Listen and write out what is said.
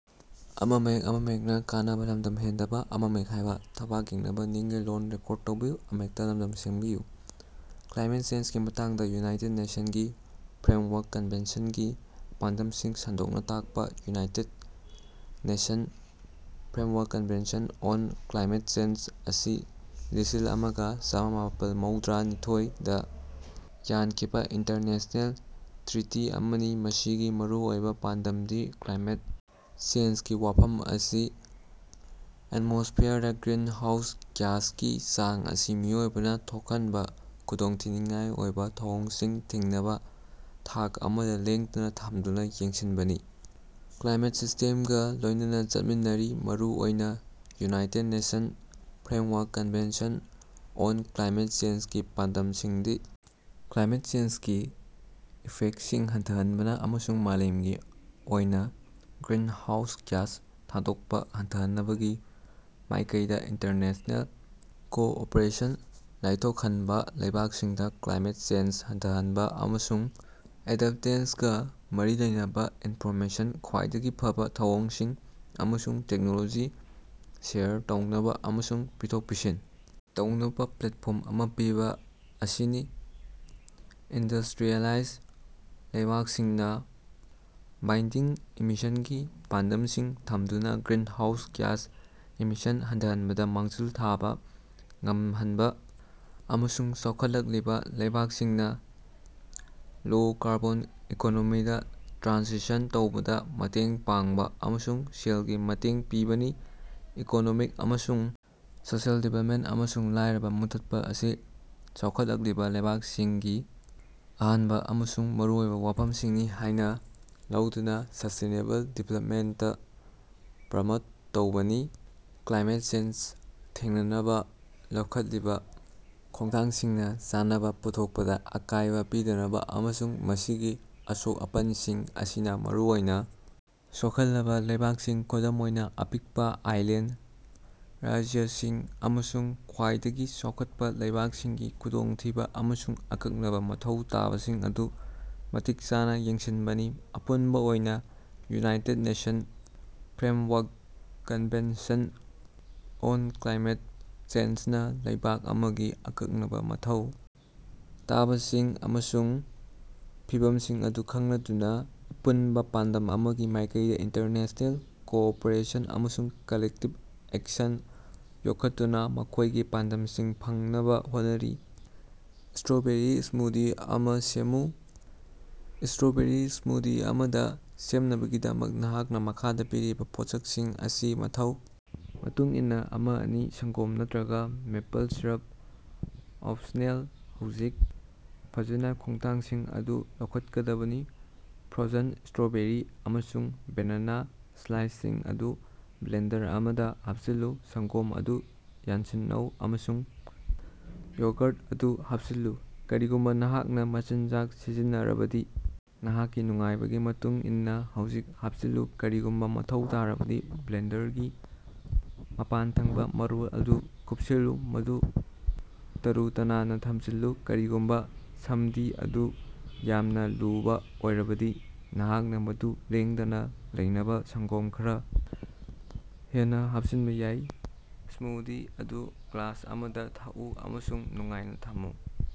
Climate ꯆꯦꯟꯖꯒꯤ ꯃꯇꯥꯡꯗ united nations ꯒꯤ ꯐ꯭ꯔꯦꯝꯋꯥꯔꯛ ꯀꯟꯚꯦꯟꯁꯟꯒꯤ ꯄꯥꯟꯗꯝꯁꯤꯡ ꯁꯟꯗꯣꯛꯅ ꯇꯥꯛꯄ꯫ United nations framework convention on climate change ꯑꯁꯤ ꯂꯤꯁꯤꯜ ꯑꯃꯒ ꯆꯥꯃꯄꯜ ꯃꯧꯗ꯭ꯔꯥ ꯅꯤꯊꯣꯏ ꯗꯥ ꯌꯥꯟꯈꯤꯕ ꯏꯟꯇꯔꯅꯦꯁ꯭ꯅꯦꯜ ꯇ꯭ꯔꯤꯇꯤ ꯑꯃꯅꯤ, ꯃꯁꯤꯒꯤ ꯃꯔꯨꯑꯣꯏꯕ ꯄꯥꯟꯗꯝꯗꯤ ꯀ꯭ꯂꯥꯏꯃꯦꯠ ꯆꯦꯟꯖꯒꯤ ꯋꯥꯐꯝ ꯑꯁꯤ ꯑꯦꯟꯃꯣꯁ꯭ꯐꯤꯌꯔꯗ ꯒ꯭ꯔꯤꯟꯍꯥꯎꯁ ꯒ꯭ꯌꯥꯁꯀꯤ ꯆꯥꯡ ꯑꯁꯤ ꯃꯤꯑꯣꯏꯕꯅ ꯊꯣꯛꯍꯟꯕ ꯈꯨꯗꯣꯡꯊꯤꯅꯤꯡꯉꯥꯏ ꯑꯣꯏꯕ ꯊꯧꯑꯣꯡꯁꯤꯡ ꯊꯤꯡꯅꯕ ꯊꯥꯛ ꯑꯃꯗ ꯂꯦꯡꯗꯅ ꯊꯝꯗꯨꯅ ꯌꯦꯡꯁꯤꯟꯕꯅꯤ꯫ ꯀ꯭ꯂꯥꯏꯃꯦꯠ ꯁꯤꯁꯇꯦꯝꯒ ꯂꯣꯏꯅꯅ ꯆꯠꯃꯤꯟꯅꯔꯤ꯫ ꯃꯔꯨꯑꯣꯏꯅ, united nations framework convention on climate ꯆꯦꯟꯖꯒꯤ ꯄꯥꯟꯗꯝꯁꯤꯡꯗꯤ - ꯀ꯭ꯂꯥꯏꯃꯦꯠ ꯆꯦꯟꯖꯒꯤ ꯏꯐꯦꯛꯇꯁꯤꯡ ꯍꯟꯊꯍꯟꯅꯕ ꯑꯃꯁꯨꯡ ꯃꯥꯂꯦꯝꯒꯤ ꯑꯣꯏꯅ ꯒ꯭ꯔꯤꯟꯍꯥꯎꯁ ꯒ꯭ꯌꯥꯁ ꯊꯥꯗꯣꯛꯄ ꯍꯟꯊꯍꯟꯅꯕꯒꯤ ꯃꯥꯏꯀꯩꯗ ꯏꯟꯇꯔꯅꯦꯁ꯭ꯅꯦꯜ ꯀꯣꯑꯣꯄꯔꯦꯁꯟ ꯂꯥꯏꯊꯣꯛꯍꯟꯕ, ꯂꯩꯕꯥꯛꯁꯤꯡꯗ ꯀ꯭ꯂꯥꯏꯃꯦꯠ ꯆꯦꯟꯖ ꯍꯟꯊꯍꯟꯕ ꯑꯃꯁꯨꯡ ꯑꯦꯗꯞꯇꯦꯁꯟꯒ ꯃꯔꯤ ꯂꯩꯅꯕ ꯏꯟꯐꯣꯔꯃꯦꯁꯟ, ꯈ꯭ꯋꯥꯏꯗꯒꯤ ꯐꯕꯥ ꯊꯧꯑꯣꯡꯁꯤꯡ, ꯑꯃꯁꯨꯡ ꯇꯦꯛꯅꯣꯂꯣꯖꯤ ꯁꯦꯌꯔ ꯇꯧꯅꯕ ꯑꯃꯁꯨꯡ ꯄꯤꯊꯣꯛ-ꯄꯤꯁꯤꯟ ꯇꯧꯅꯕ ꯄ꯭ꯂꯦꯠꯐꯣꯔꯝ ꯑꯃ ꯄꯤꯕ ꯑꯁꯤꯅꯤ꯫ ꯏꯟꯗꯁꯇ꯭ꯔꯤꯌꯦꯂꯥꯏꯖ ꯂꯩꯕꯥꯛꯁꯤꯡꯅ ꯕꯥꯏꯟꯗꯤꯡ ꯏꯃꯤꯁꯟꯒꯤ ꯄꯥꯟꯗꯝꯁꯤꯡ ꯊꯝꯗꯨꯅ ꯒ꯭ꯔꯤꯟꯍꯥꯎꯁ ꯒ꯭ꯌꯥꯁ ꯏꯃꯤꯁꯟ ꯍꯟꯊꯍꯟꯕꯗ ꯃꯥꯡꯖꯤꯜ ꯊꯥꯕ ꯉꯝꯍꯟꯕ, ꯑꯃꯁꯨꯡ ꯆꯥꯎꯈꯠꯂꯛꯂꯤꯕ ꯂꯩꯕꯥꯛꯁꯤꯡꯅ ꯂꯣ-ꯀꯥꯔꯕꯣꯟ ꯏꯀꯣꯅꯣꯃꯤꯗ ꯇ꯭ꯔꯥꯟꯁꯤꯁꯟ ꯇꯧꯕꯗ ꯃꯇꯦꯡ ꯄꯥꯡꯕ ꯑꯃꯁꯨꯡ ꯁꯦꯜꯒꯤ ꯃꯇꯦꯡ ꯄꯤꯕꯅꯤ꯫ ꯏꯀꯣꯅꯣꯃꯤꯛ ꯑꯃꯁꯨꯡ ꯁꯣꯁꯤꯌꯦꯜ ꯗꯤꯕꯦꯂꯞꯃꯦꯟꯇ ꯑꯃꯁꯨꯡ ꯂꯥꯏꯔꯕ ꯃꯨꯠꯊꯠꯄ ꯑꯁꯤ ꯆꯥꯎꯈꯠꯂꯛꯂꯤꯕ ꯂꯩꯕꯥꯛꯁꯤꯡꯒꯤ ꯑꯍꯥꯟꯕ ꯑꯃꯁꯨꯡ ꯃꯔꯨ ꯑꯣꯏꯕ ꯋꯥꯐꯝꯁꯤꯡꯅꯤ ꯍꯥꯏꯅ ꯂꯧꯗꯨꯅ ꯁ꯭ꯁꯇꯦꯅꯦꯕꯜ ꯗꯤꯕꯦꯂꯞꯃꯦꯟꯇ ꯄ꯭ꯔꯃꯣꯠ ꯇꯧꯕꯅꯤ꯫ ꯀ꯭ꯂꯥꯏꯃꯦꯠ ꯆꯦꯟꯖ ꯊꯦꯡꯅꯅꯕ ꯂꯧꯈꯠꯂꯤꯕ ꯈꯣꯡꯊꯥꯡꯁꯤꯡꯅ ꯆꯥꯅꯕ ꯄꯨꯊꯣꯛꯄꯗ ꯑꯀꯥꯏꯕ ꯄꯤꯗꯅꯕ, ꯑꯃꯁꯨꯡ ꯃꯁꯤꯒꯤ ꯑꯁꯣꯛ-ꯑꯄꯟꯁꯤꯡ ꯑꯁꯤꯅ ꯃꯔꯨꯑꯣꯏꯅ ꯁꯣꯛꯍꯜꯂꯕ ꯂꯩꯕꯥꯛꯁꯤꯡ, ꯈꯨꯗꯝ ꯑꯣꯏꯅ ꯑꯄꯤꯛꯄ ꯑꯥꯏꯂꯦꯟꯗ ꯔꯥꯖ꯭ꯌꯁꯤꯡ ꯑꯃꯁꯨꯡ ꯈ꯭ꯋꯥꯏꯗꯒꯤ ꯆꯥꯎꯈꯠꯄ ꯂꯩꯕꯥꯛꯁꯤꯡꯒꯤ ꯈꯨꯗꯣꯡꯊꯤꯕ ꯑꯃꯁꯨꯡ ꯑꯀꯛꯅꯕ ꯃꯊꯧ ꯇꯥꯕꯁꯤꯡ ꯑꯗꯨ ꯃꯇꯤꯛ ꯆꯥꯅ ꯌꯦꯡꯁꯤꯟꯕꯅꯤ꯫ ꯑꯄꯨꯟꯕ ꯑꯣꯏꯅ, united nations framework convention on climate ꯆꯦꯟꯖꯅ ꯂꯩꯕꯥꯛ ꯑꯃꯃꯝꯒꯤ ꯑꯀꯛꯅꯕ ꯃꯊꯧ ꯇꯥꯕꯁꯤꯡ ꯑꯃꯁꯨꯡ ꯐꯤꯚꯝꯁꯤꯡ ꯑꯗꯨ ꯈꯪꯂꯗꯨꯅ, ꯑꯄꯨꯟꯕ ꯄꯥꯟꯗꯝ ꯑꯃꯒꯤ ꯃꯥꯏꯀꯩꯗ ꯏꯟꯇꯔꯅꯦꯁ꯭ꯅꯦꯜ ꯀꯣꯑꯣꯄꯔꯦꯁꯟ ꯑꯃꯁꯨꯡ ꯀꯂꯦꯛꯇꯤꯕ ꯑꯦꯛꯁꯟ ꯌꯣꯛꯈꯠꯇꯨꯅ ꯃꯈꯣꯏꯒꯤ ꯄꯥꯟꯗꯝꯁꯤꯡ ꯐꯪꯅꯕ ꯍꯣꯠꯅꯔꯤ꯫ ꯁ꯭ꯇꯔꯣꯕꯦꯔꯤ ꯁ꯭ꯃꯨꯗꯤ ꯑꯃ ꯁꯦꯝꯃꯨ꯫ ꯁ꯭ꯇꯔꯣꯕꯦꯔꯤ ꯁ꯭ꯃꯨꯗꯤ ꯑꯃ ꯁꯦꯝꯅꯕꯒꯤꯗꯃꯛ, ꯅꯍꯥꯛꯅ ꯃꯈꯥꯗ ꯄꯤꯔꯤꯕ ꯄꯣꯠꯁꯛꯁꯤꯡ ꯑꯁꯤ ꯃꯊꯧ ꯃꯇꯨꯡꯏꯟꯅ, ꯑꯃ-ꯑꯅꯤ ꯁꯪꯒꯣꯝ ꯅꯠꯇꯔꯒ ꯃꯦꯄꯜ ꯁꯤꯔꯞ ꯑꯣꯞꯁꯅꯦꯜ ꯍꯧꯖꯤꯛ, ꯐꯖꯅ ꯈꯣꯡꯊꯥꯡꯁꯤꯡ ꯑꯁꯤ ꯂꯧꯈꯠꯀꯗꯕꯅꯤ ,ꯐ꯭ꯔꯣꯖꯟ ꯁ꯭ꯇꯔꯣꯕꯦꯔꯤ ꯑꯃꯁꯨꯡ ꯕꯦꯅꯥꯅꯥ ꯁ꯭ꯂꯥꯏꯁꯁꯤꯡ ꯑꯗꯨ ꯕ꯭ꯂꯦꯟꯗꯔ ꯑꯃꯗ ꯍꯥꯞꯆꯤꯜꯂꯨ꯫ ꯁꯪꯒꯣꯝ ꯑꯗꯨ ꯌꯥꯟꯁꯤꯟꯅꯧ ꯑꯃꯁꯨꯡ ꯌꯣꯒ꯭ꯔꯠ ꯑꯗꯨ ꯍꯥꯞꯆꯤꯜꯂꯨ꯫ ꯀꯔꯤꯒꯨꯝꯕ ꯅꯍꯥꯛꯅ ꯃꯆꯤꯟꯖꯥꯛ ꯁꯤꯖꯤꯟꯅꯔꯕꯗꯤ, ꯅꯍꯥꯛꯀꯤ ꯅꯨꯡꯉꯥꯏꯕꯒꯤ ꯃꯇꯨꯡ ꯏꯟꯅꯥ ꯍꯧꯖꯤꯛ ꯍꯥꯞꯆꯤꯜꯂꯨ꯫ ꯀꯔꯤꯒꯨꯝꯕ ꯃꯊꯧ ꯇꯥꯔꯕꯗꯤ ꯕ꯭ꯂꯦꯟꯗꯔꯒꯤ ꯃꯄꯥꯟꯊꯪꯕ ꯃꯔꯣꯜ ꯑꯗꯨ ꯀꯨꯞꯁꯤꯜꯂꯨ, ꯃꯗꯨ ꯇꯥꯔꯨ-ꯇꯅꯥꯟꯅ ꯊꯝꯖꯤꯜꯂꯨ꯫ ꯀꯔꯤꯒꯨꯝꯕ ꯁ꯭ꯃꯨꯗꯤ ꯑꯗꯨ ꯌꯥꯝꯅ ꯂꯨꯕ ꯑꯣꯏꯔꯕꯗꯤ, ꯅꯍꯥꯛꯅ ꯃꯗꯨ ꯂꯦꯡꯗꯅ ꯂꯩꯅꯕ ꯁꯪꯒꯣꯝ ꯈꯔꯥ ꯍꯦꯟꯅ ꯍꯥꯞꯆꯤꯟꯕ‌ ꯌꯥꯏ꯫ ꯁ꯭ꯃꯨꯗꯤ ꯑꯗꯨ ꯒ꯭ꯂꯥꯁ ꯑꯃꯗ ꯊꯛꯎ ꯑꯃꯁꯨꯡ ꯅꯨꯡꯉꯥꯏꯅ ꯊꯝꯃꯨ꯫